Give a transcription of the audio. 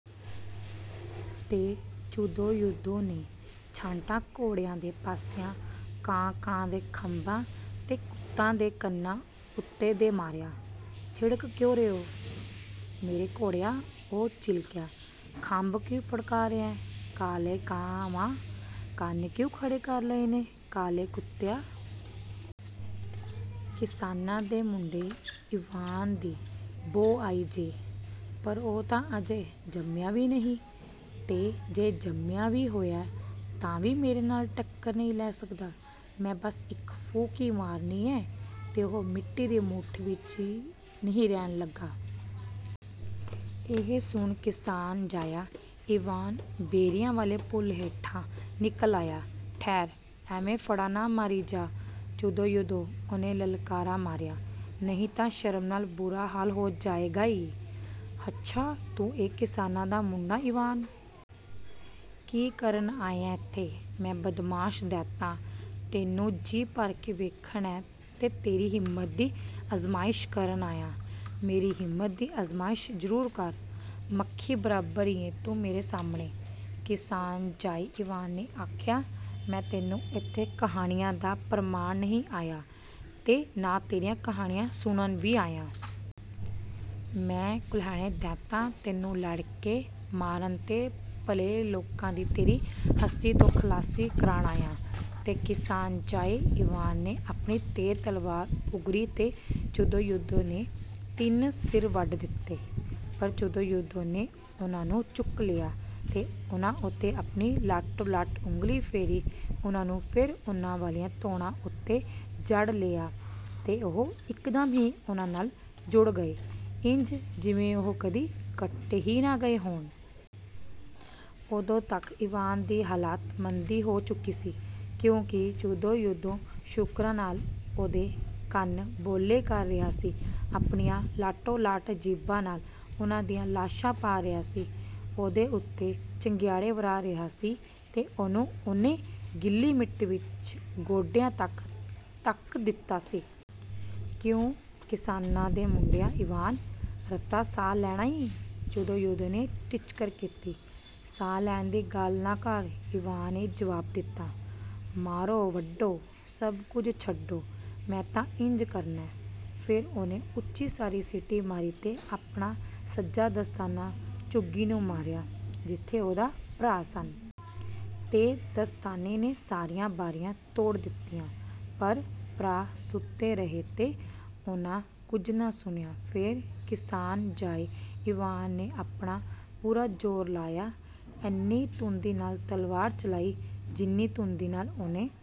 ਤੇ ਚੁਦੋ-ਯੁਦੋ ਨੇ ਛਾਂਟਾ ਘੋੜਿਆਂ ਦੇ ਪਾਸਿਆਂ, ਕਾਂ-ਕਾਂ ਦੇ ਖੰਭਾਂ ਤੇ ਕੁੱਤੇ ਦੇ ਕੰਨਾਂ ਉੱਤੇ ਦੇ ਮਾਰਿਆ। "ਥਿੜਕ ਕਿਉਂ ਰਿਹੈਂ, ਮੇਰੇ ਘੋੜਿਆ?" ਉਹ ਚਿਲਕਿਆ। "ਖੰਭ ਕਿਉਂ ਫੜਕਾ ਰਿਹੈਂ, ਕਾਲੇ ਕਾਂ-ਕਾਂਵਾ? ਕੰਨ ਕਿਉਂ ਖੜੇ ਕਰ ਲਏ ਨੀ, ਕਾਲੇ ਕੁੱਤਿਆ? ਕਿਸਾਨਾਂ ਦੇ ਮੁੰਡੇ ਈਵਾਨ ਦੀ ਬੋ ਆਈ ਜੇ? ਪਰ ਉਹ ਤਾਂ ਅਜੇ ਜੰਮਿਆ ਵੀ ਨਹੀਂ, ਤੇ ਜੇ ਜੰਮਿਆ ਵੀ ਹੋਇਐ, ਤਾਂ ਵੀ ਮੇਰੇ ਨਾਲ ਟੱਕਰ ਨਹੀਂ ਲੈ ਸਕਦਾ। ਮੈਂ ਬਸ ਇੱਕ ਫੂਕ ਈ ਮਾਰਨੀ ਏਂ, ਤੇ ਉਹ ਮਿੱਟੀ ਦੀ ਮੁੱਠ ਵੀ ਨਹੀਂ ਰਹਿਣ ਲੱਗਾ।" ਇਹ ਸੁਣ ਕਿਸਾਨ-ਜਾਇਆ ਈਵਾਨ ਬੇਰੀਆਂ ਵਾਲੇ ਪੁਲ ਹੇਠਾਂ ਨਿਕਲ ਆਇਆ।"ਠਹਿਰ, ਐਵੇਂ ਫੜਾਂ ਨਾ ਮਾਰੀ ਜਾ, ਚੁਦੋ-ਯੁਦੋ," ਉਹਨੇ ਲਲਕਾਰਾ ਮਾਰਿਆ, "ਨਹੀਂ ਤਾਂ ਸ਼ਰਮ ਨਾਲ ਬੁਰਾ ਹਾਲ ਹੋ ਜਾਏਗਾ ਈ।" "ਹੱਛਾ, ਤੂੰ ਏਂ, ਕਿਸਾਨਾਂ ਦਾ ਮੁੰਡਾ ਈਵਾਨ! ਕੀ ਕਰਨ ਆਇਐ ਏਥੇ?" "ਮੈਂ, ਬਦਮਾਸ਼ ਦੈਂਤਾ, ਤੈਨੂੰ ਜੀ ਭਰ ਕੇ ਵੇਖਣ ਤੇ ਤੇਰੀ ਹਿੰਮਤ ਦੀ ਅਜ਼ਮਾਇਸ਼ ਕਰਨ ਆਇਆ!" "ਮੇਰੀ ਹਿੰਮਤ ਦੀ ਅਜ਼ਮਾਇਸ਼ ਜ਼ਰੂਰ ਕਰ! ਮੱਖੀ ਬਰਾਬਰ ਏਂ ਤੂੰ ਮੇਰੇ ਸਾਹਮਣੇ!" ਕਿਸਾਨ-ਜਾਏ ਈਵਾਨ ਨੇ ਆਖਿਆ: "ਮੈਂ ਤੈਨੂੰ ਏਥੇ ਕਹਾਣੀਆਂ ਪਾ ਭਰਮਾਣ ਨਹੀਂ ਆਇਆਂ, ਤੇ ਨਾ ਤੇਰੀਆਂ ਕਹਾਣੀਆਂ ਸੁਣਨ ਵੀ ਆਇਆਂ। ਮੈਂ ਕੁਲਹਿਣੇ ਦੈਂਤਾਂ, ਤੈਨੂੰ ਲੜ ਕੇ ਮਾਰਨ ਤੇ ਭਲੇ ਲੋਕਾਂ ਦੀ ਤੇਰੀ ਹਸਤੀ ਤੋਂ ਖਲਾਸੀ ਕਰਾਣ ਆਇਆਂ!" ਤੇ ਕਿਸਾਨ-ਜਾਏ ਈਵਾਨ ਨੇ ਆਪਣੀ ਤੇਜ਼ ਤਲਵਾਰ ਉਗਰੀ ਤੇ ਚੁਦੋ-ਯੁਦੋ ਦੇ ਤਿੰਨ ਸਿਰ ਵੱਢ ਦਿੱਤੇ। ਪਰ ਚੁਦੋ-ਯੁਦੋ ਨੇ ਉਹਨਾਂ ਨੂੰ ਚੁੱਕ ਲਿਆ ਤੇ ਉਹਨਾਂ ਉੱਤੇ ਆਪਣੀ ਲਾਟੋ-ਲਾਟ ਉਂਗਲੀ ਫੇਰ ਉਹਨਾਂ ਨੂੰ ਫੇਰ ਉਹਨਾਂ ਵਾਲੀਆਂ ਧੌਣਾਂ ਉੱਤੇ ਜੜ ਲਿਆ, ਤੇ ਉਹ ਇਕਦਮ ਹੀ ਉਹਨਾਂ ਨਾਲ ਜੁੜ ਗਏ, ਇੰਜ ਜਿਵੇਂ ਉਹ ਕਦੀ ਕੱਟੇ ਹੀ ਨਾ ਗਏ ਹੋਣ। ਓਦੋਂ ਤੱਕ ਈਵਾਨ ਦੀ ਹਾਲਤ ਮੰਦੀ ਹੋ ਚੁਕੀ ਸੀ, ਕਿਉਂਕਿ ਚੁਦੋ-ਯੁਦੋ ਸ਼ੂਕਰਾਂ ਨਾਲ ਉਹਦੇ ਕੰਨ ਬੋਲੇ ਕਰ ਰਿਹਾ ਸੀ, ਆਪਣੀਆਂ ਲਾਟੋ-ਲਾਟ ਜੀਭਾਂ ਨਾਲ ਉਹਨੂੰ ਲਾਸ਼ਾਂ ਪਾ ਰਿਹਾ ਸੀ, ਉਹਦੇ ਉੱਤੇ ਚੰਗਿਆੜੇ ਵਰ੍ਹਾ ਰਿਹਾ ਸੀ ਤੇ ਉਹਨੂੰ ਉਹਨੇ ਗਿੱਲੀ ਮਿੱਟੀ ਵਿੱਚ ਗੋਡਿਆਂ ਤੱਕ ਧੱਕ ਦਿੱਤਾ ਸੀ। "ਕਿਉਂ, ਕਿਸਾਨਾਂ ਦੇ ਮੁੰਡਿਆ, ਈਵਾਨ, ਰਤਾ ਸਾਹ ਲੈਣਾ ਈ?" ਚੁਦੋ-ਯੁਦੋ ਨੇ ਟਿੱਚਕਰ ਕੀਤੀ। "ਸਾਹ ਲੈਣ ਦੀ ਗੱਲ ਨਾ ਕਰ," ਈਵਾਨ ਨੇ ਜਵਾਬ ਦਿੱਤਾ। "ਮਾਰੋ, ਵੱਢੋ, ਸਭ ਕੁਝ ਛੱਡੋ, ਮੈਂ ਤਾਂ ਇੰਜ ਕਰਨਾ!" ਫੇਰ ਉਹਨੇ ਉੱਚੀ ਸਾਰੀ ਸੀਟੀ ਮਾਰੀ ਤੇ ਆਪਣਾ ਸੱਜਾ ਦਸਤਾਨਾ ਝੁੱਗੀ ਨੂੰ ਮਾਰਿਆ—ਜਿੱਥੇ ਉਹਦੇ ਭਰਾ ਸਨ। ਤੇ ਦਸਤਾਨੇ ਨੇ ਸਾਰੀਆਂ ਬਾਰੀਆਂ ਤੋੜ ਦਿੱਤੀਆਂ, ਪਰ ਭਰਾ ਸੁੱਤੇ ਰਹੇ ਤੇ ਉਹਨਾਂ ਕੁਝ ਨਾ ਸੁਣਿਆ। ਫੇਰ, ਕਿਸਾਨ-ਜਾਏ ਈਵਾਨ ਨੇ ਆਪਣਾ ਪੂਰਾ ਜ਼ੋਰ ਲਾਇਆ, ਏਨੀ ਤੁੰਦੀ ਨਾਲ ਤਲਵਾਰ ਚਲਾਈ, ਜਿੰਨੀ ਤੁੰਦੀ ਨਾਲ ਉਹਨੇ